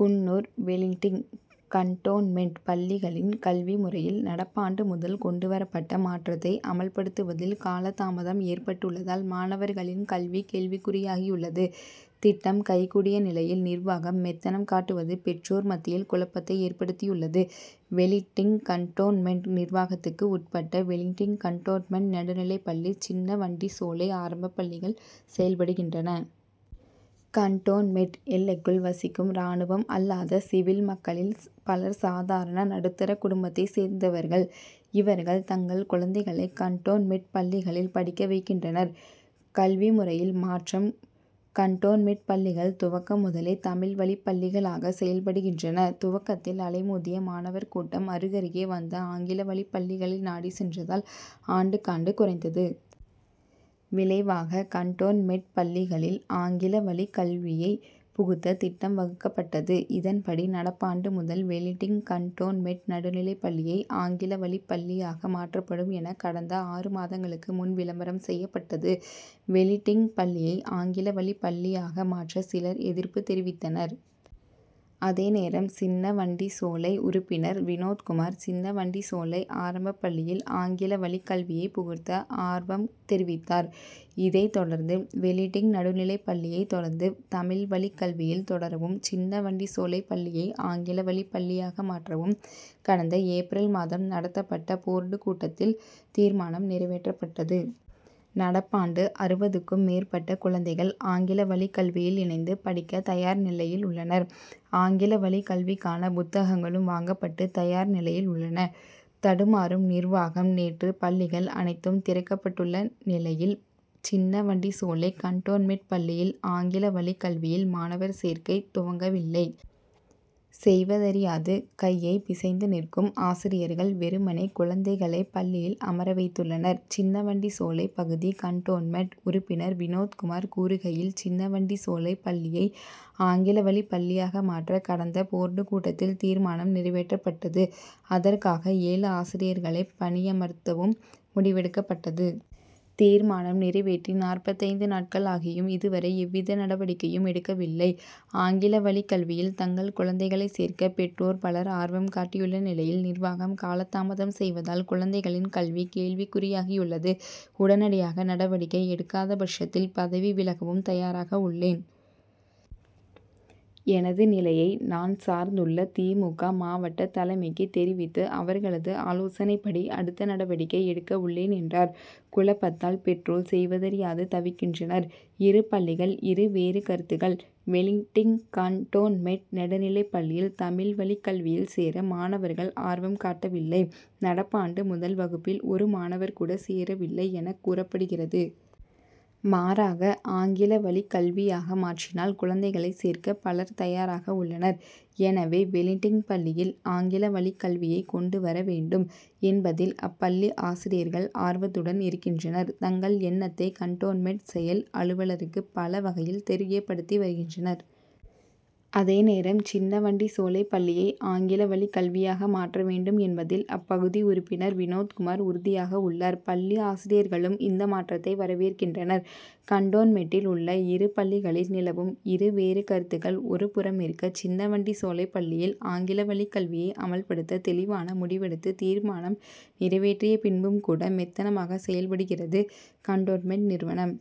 Coonoor Wellington cantonment பள்ளிகளின் கல்வி முறையில், நடப்பாண்டு முதல் கொண்டு வரப்பட்ட மாற்றத்தை அமல்படுத்துவதில் காலதாமதம் ஏற்பட்டுள்ளதால், மாணவர்களின் கல்வி கேள்விக்குறியாகியுள்ளது திட்டம் கை கூடிய நிலையில், நிர்வாகம் மெத்தனம் காட்டுவது பெற்றோர் மத்தியில் குழப்பத்தை ஏற்படுத்தியுள்ளது. வெலிங்டன் கன்டோன்மென்ட் நிர்வாகத்துக்கு உட்பட்டு, வெலிங்டன் கன்டோன்மென்ட் நடுநிலைப் பள்ளி, சின்ன வண்டிச்சோலை ஆரம்பப் பள்ளிகள் செயல்படுகின்றன. கன்டோன்மென்ட் எல்லைக்குள் வசிக்கும் ராணுவம் அல்லாத சிவில் மக்களில் பலர் சாதாரண, நடுத்தர குடும்பத்தை சேர்ந்தவர்கள் இவர்கள் தங்கள் குழந்தைகளை கன்டோன்மென்ட் பள்ளிகளில் படிக்க வைக்கின்றனர். கல்வி முறையில் மாற்றம் கன்டோன்மென்ட் பள்ளிகள் துவக்கம் முதலே தமிழ் வழிப்பள்ளிகளாக செயல்படுகின்றன துவக்கத்தில் அலைமோதிய மாணவர் கூட்டம், அருகருகே வந்த ஆங்கில வழிப்பள்ளிகளை நாடி சென்றதால் ஆண்டுக்காண்டு குறைந்தது. விளைவாக, கன்டோன்மென்ட் பள்ளிகளில் ஆங்கில வழிக் கல்வியை புகுத்த திட்டம் வகுக்கப்பட்டது இதன்படி, நடப்பாண்டு முதல் வெலிங்டன் கன்டோன்மென்ட் நடுநிலைப் பள்ளியை ஆங்கில வழிப்பள்ளியாக மாற்றப்படும் என கடந்த ஆறு மாதங்களுக்கு முன் விளம்பரம் செய்யப்பட்டது. வெலிங்டன் பள்ளியை ஆங்கில வழிப்பள்ளியாக மாற்ற, சிலர் எதிர்ப்பு தெரிவித்தனர். அதே நேரம், சின்ன வண்டிச்சோலை உறுப்பினர் வினோத்குமார், சின்ன வண்டிச்சோலை ஆரம்பப் பள்ளியில் ஆங்கில வழி கல்வியை புகுத்த ஆர்வம் தெரிவித்தார். இதைத் தொடர்ந்து, வெலிங்டன் நடுநிலைப் பள்ளியை, தொடர்ந்து தமிழ் வழிக் கல்வியில் தொடரவும், சின்ன வண்டிச்சோலை பள்ளியை ஆங்கில வழிப் பள்ளியாக மாற்றவும், கடந்த ஏப்ரல் மாதம் நடத்தப்பட்ட போர்டு கூட்டத்தில் தீர்மானம் நிறைவேற்றப்பட்டது. நடப்பாண்டு, அறுபதுக்கும் மேற்பட்ட குழந்தைகள் ஆங்கில வழிக் கல்வியில் இணைந்து படிக்க தயார் நிலையில் உள்ளனர். ஆங்கில வழிக் கல்விக்கான புத்தகங்களும் வாங்கப்பட்டு தயார் நிலையில் உள்ளன. தடுமாறும் நிர்வாகம் நேற்று பள்ளிகள் அனைத்தும் திறக்கப்பட்டுள்ள நிலையில், சின்ன வண்டிச்சோலை கன்டோன்மென்ட் பள்ளியில் ஆங்கில வழிக் கல்வியில் மாணவர் சேர்க்கை துவங்கவில்லை. செய்வதறியாது கையை பிசைந்து நிற்கும் ஆசிரியர்கள், வெறுமனே குழந்தைகளை பள்ளியில் அமர வைத்துள்ளனர். சின்ன வண்டிச்சோலை பகுதி கன்டோன்மென்ட் உறுப்பினர் வினோத்குமார் கூறுகையில், சின்ன வண்டிச்சோலை பள்ளியை ஆங்கில வழிப் பள்ளியாக மாற்ற, கடந்த போர்டு கூட்டத்தில் தீர்மானம் நிறைவேற்றப்பட்டது அதற்காக ஏழு ஆசிரியர்களை பணியமர்த்தவும் முடிவெடுக்கப்பட்டது. தீர்மானம் நிறைவேற்றி நாற்பத்து ஐந்து நாட்கள் ஆகியும், இதுவரை எவ்வித நடவடிக்கையும் எடுக்கவில்லை. ஆங்கில வழிக் கல்வியில் தங்கள் குழந்தைகளை சேர்க்க பெற்றோர் பலர் ஆர்வம் காட்டியுள்ள நிலையில், நிர்வாகம் காலதாமதம் செய்வதால், குழந்தைகளின் கல்வி, கேள்விக் குறியாகியுள்ளது. உடனடியாக நடவடிக்கை எடுக்காத பட்சத்தில், பதவி விலகவும் தயாராக உள்ளேன். எனது நிலையை நான் சார்ந்துள்ள தி. மு. க., மாவட்ட தலைமைக்கு தெரிவித்து, அவர்களது ஆலோசனைப்படி அடுத்த நடவடிக்கை எடுக்க உள்ளேன் என்றார். குழப்பத்தால், பெற்றோர் செய்வதறியாது தவிக்கின்றனர். இரு பள்ளிகள்இரு வேறு கருத்துகள் வெலிங்டன் கன்டோன்மென்ட் நடுநிலைப் பள்ளியில், தமிழ் வழிக் கல்வியில் சேர மாணவர்கள் ஆர்வம் காட்டவில்லை நடப்பாண்டு, முதல் வகுப்பில் ஒரு மாணவர் கூட சேரவில்லை எனக் கூறப்படுகிறது. மாறாக, ஆங்கில வழிக் கல்வியாக மாற்றினால் குழந்தைகளை சேர்க்க பலர் தயாராக உள்ளனர். எனவே, வெலிங்டன் பள்ளியில் ஆங்கில வழிக் கல்வியை கொண்டு வர வேண்டும் என்பதில் அப்பள்ளி ஆசிரியர்கள் ஆர்வத்துடன் இருக்கின்றனர் தங்கள் எண்ணத்தை கன்டோன்மென்ட் செயல் அலுவலருக்கு பல வகைகளில் தெரியப்படுத்தி வருகின்றனர். அதே நேரம், சின்ன வண்டிச்சோலை பள்ளியை ஆங்கில வழிக் கல்வியாக மாற்ற வேண்டும் என்பதில் அப்பகுதி உறுப்பினர் வினோத்குமார் உறுதியாக உள்ளார். பள்ளி ஆசிரியர்களும் இந்த மாற்றத்தை வரவேற்கின்றனர். கன்டோன்மென்ட்டில் உள்ள இரு பள்ளிகளில் நிலவும் இரு வேறு கருத்துகள் ஒரு புறமிருக்க, சின்ன வண்டிச்சோலை பள்ளியில் ஆங்கில வழிக் கல்வியை அமல்படுத்த தெளிவான முடிவெடுத்து, தீர்மானம் நிறைவேற்றிய பின்பும் கூட, மெத்தனமாக செயல்படுகிறது கன்டோன்மென்ட் நிர்வனம்.